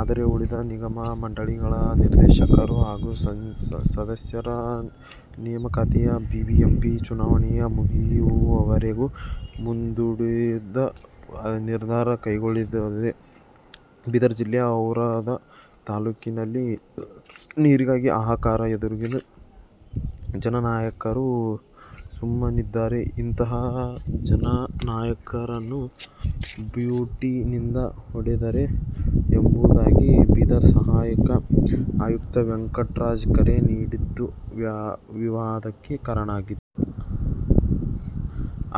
ಆದರೆ, ಉಳಿದ ನಿಗಮ-ಮಂಡಳಿಗಳ ನಿರ್ದೇಶಕರು ಹಾಗೂ ಸದಸ್ಯರ ನೇಮಕಾತಿಯನ್ನು ಬಿಬಿಎಂಪಿ ಚುನಾವಣೆ ಮುಗಿಯುವವರೆಗೂ ಮುಂದೂಡುವ ನಿರ್ಧಾರ ಕೈಗೊಳ್ಳಲಾಗಿದೆ. ಬೀದರ್ ಜಿಲ್ಲೆ ಔರಾದ ತಾಲೂಕಿನಲ್ಲಿ ನೀರಿಗಾಗಿ ಹಾಹಾಕಾರ ಎದ್ದಿದ್ದರೂ ಜನನಾಯಕರು ಸುಮ್ಮನಿದ್ದಾರೆ. ಇಂತಹ ಜನನಾಯಕರನ್ನು ಬೂಟಿನಿಂದ ಹೊಡೆಯಿರಿ ಎಂಬುದಾಗಿ ಬೀದರ್ ಸಹಾಯಕ ಆಯುಕ್ತ ವೆಂಕಟರಾಜ ಕರೆ ನೀಡಿದ್ದು, ವಿವಾದಕ್ಕೆ ಕಾರಣವಾಗಿದೆ.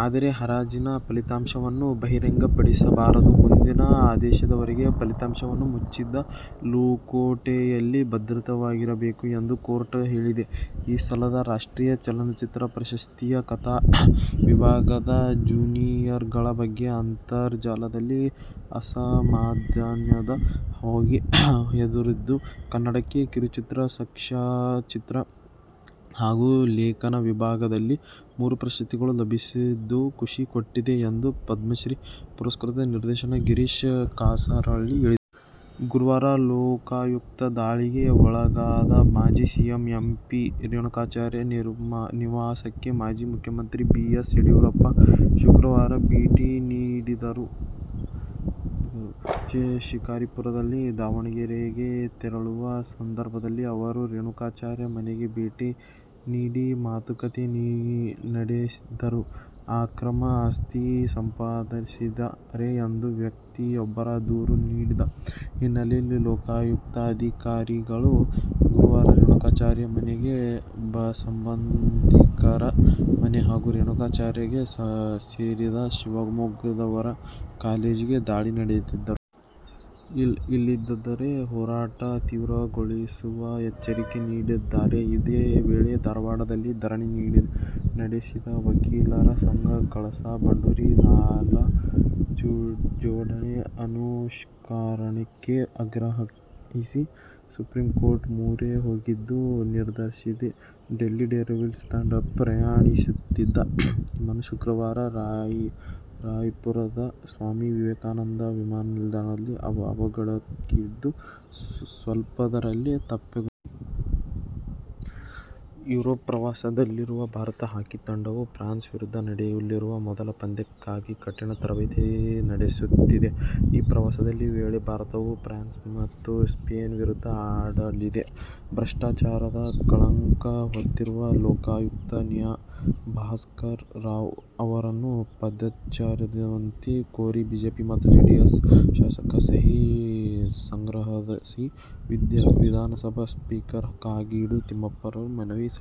ಆದರೆ ಹರಾಜಿನ ಫಲಿತಾಂಶವನ್ನು ಬಹಿರಂಗಪಡಿಸಬಾರದು. ಮುಂದಿನ ಆದೇಶದವರೆಗೂ ಫಲಿತಾಂಶವನ್ನು ಮುಚ್ಚಿದ ಲಕೋಟೆಯಲ್ಲಿ ಭದ್ರವಾಗಿರಿಸಿರಬೇಕು ಎಂದು ಕೋರ್ಟ್ ಹೇಳಿದೆ. ಈ ಸಲದ ರಾಷ್ಟ್ರೀಯ ಚಲನಚಿತ್ರ ಪ್ರಶಸ್ತಿಯ ಕಥಾ ವಿಭಾಗದ ಜ್ಯೂರಿಗಳ ಬಗ್ಗೆ ಅಂತರ್ಜಾಲದಲ್ಲಿ ಅಸಮಾಧಾನದ ಹೊಗೆ ಎದ್ದಿದ್ದರೂ, ಕನ್ನಡಕ್ಕೆ ಕಿರುಚಿತ್ರ, ಸಾಕ್ಷ್ಯಚಿತ್ರ ಹಾಗೂ ಲೇಖನ ವಿಭಾಗದಲ್ಲಿ ಮೂರು ಪ್ರಶಸ್ತಿಗಳು ಲಭಿಸಿರುವುದು ಖುಷಿ ಕೊಟ್ಟಿದೆ ಎಂದು ಪದ್ಮಶ್ರೀ ಪುರಸ್ಕೃತ ನಿರ್ದೇಶಕ ಗಿರೀಶ್ ಕಾಸರವಳ್ಳಿ ಹೇಳಿದ್ದಾರೆ. ಗುರುವಾರ ಲೋಕಾಯುಕ್ತ ದಾಳಿಗೆ ಒಳಗಾದ ಮಾಜಿ ಸಚಿವ ಎಂ. ಪಿ. ರೇಣುಕಾಚಾರ್ಯ ನಿವಾಸಕ್ಕೆ ಮಾಜಿ ಮುಖ್ಯಮಂತ್ರಿ ಬಿ. ಎಸ್. ಯಡಿಯೂರಪ್ಪ ಶುಕ್ರವಾರ ಭೇಟಿ ನೀಡಿದರು. ಶಿಕಾರಿಪುರದಿಂದ ದಾವಣಗೆರೆಗೆ ತೆರಳುವ ಸಂದರ್ಭದಲ್ಲಿ ಅವರು ರೇಣುಕಾಚಾರ್ಯ ಮನೆಗೆ ಭೇಟಿ ನೀಡಿ ಮಾತುಕತೆ ನಡೆಸಿದರು. ಅಕ್ರಮ ಆಸ್ತಿ ಸಂಪಾದಿಸಿದ್ದಾರೆ ಎಂದು ವ್ಯಕ್ತಿಯೊಬ್ಬರು ದೂರು ನೀಡಿದ್ದ ಹಿನ್ನೆಲೆಯಲ್ಲಿ ಲೋಕಾಯುಕ್ತ ಅಧಿಕಾರಿಗಳು ಗುರುವಾರ ರೇಣುಕಾಚಾರ್ಯ ಮನೆ, ಸಂಬಂಧಿಕರ ಮನೆ ಹಾಗೂ ರೇಣುಕಾಚಾರ್ಯಗೆ ಸೇರಿದ ಶಿವಮೊಗ್ಗದಲ್ಲಿರುವ ಕಾಲೇಜಿಗೆ ದಾಳಿ ನಡೆಸಿದ್ದರು. ಇಲ್ಲದಿದ್ದರೆ ಹೋರಾಟ ತೀವ್ರಗೊಳಿಸುವ ಎಚ್ಚರಿಕೆ ನೀಡಿದ್ದಾರೆ. ಇದೇ ವೇಳೆ, ಧಾರವಾಡದಲ್ಲಿ ಧರಣಿ ನಡೆಸಿದ ವಕೀಲರ ಸಂಘ, ಕಳಸಾ-ಬಂಡೂರಿ ನಾಲಾ ಜೋಡಣೆ ಅನುಷ್ಠಾನಕ್ಕೆ ಆಗ್ರಹಿಸಿ ಸುಪ್ರೀಂಕೋರ್ಟ್ ಮೊರೆ ಹೋಗಲು ನಿರ್ಧರಿಸಿದೆ. ಡೆಲ್ಲಿ ಡೇರ್ಡೆವಿಲ್ಸ್ ತಂಡ ಪ್ರಯಾಣಿಸುತ್ತಿದ್ದ ವಿಮಾನ ಶುಕ್ರವಾರ ರಾಯ್ಪುರದ ಸ್ವಾಮಿ ವಿವೇಕಾನಂದ ವಿಮಾನನಿಲ್ದಾಣದಲ್ಲಿ ಅವಘಡಕ್ಕೀಡಾಗುವುದು ಸ್ವಲ್ಪದರಲ್ಲೇ ತಪ್ಪಿಹೋಗಿದೆ. ಯುರೋಪ್ ಪ್ರವಾಸದಲ್ಲಿರುವ ಭಾರತೀಯ ಹಾಕಿ ತಂಡವು ಫ್ರಾನ್ಸ್ ವಿರುದ್ಧ ನಡೆಯಲಿರುವ ಮೊದಲ ಪಂದ್ಯಕ್ಕಾಗಿ ಕಠಿನ ತರಬೇತಿ ನಡೆಸುತ್ತಿದೆ. ಈ ಪ್ರವಾಸದ ವೇಳೆ ಭಾರತವು ಫ್ರಾನ್ಸ್ ಮತ್ತು ಸ್ಪೇನ್ ವಿರುದ್ಧ ಆಡಲಿದೆ. ಭ್ರಷ್ಟಾಚಾರದ ಕಳಂಕ ಹೊತ್ತಿರುವ ಲೋಕಾಯುಕ್ತ ನ್ಯಾ. ಭಾಸ್ಕರ ರಾವ್ ಅವರನ್ನು ಪದಚ್ಯುತಿಗೊಳಿಸುವಂತೆ ಕೋರಿ ಬಿಜೆಪಿ ಮತ್ತು ಜೆಡಿಎಸ್ ಶಾಸಕರು ಸಹಿ ಸಂಗ್ರಹಿಸಿ ವಿಧಾನಸಭೆ ಸ್ಪೀಕರ್ ಕಾಗೋಡು ತಿಮ್ಮಪ್ಪನವರಿಗೆ ಮನವಿ ಸಲ್ಲಿಸಿದರು.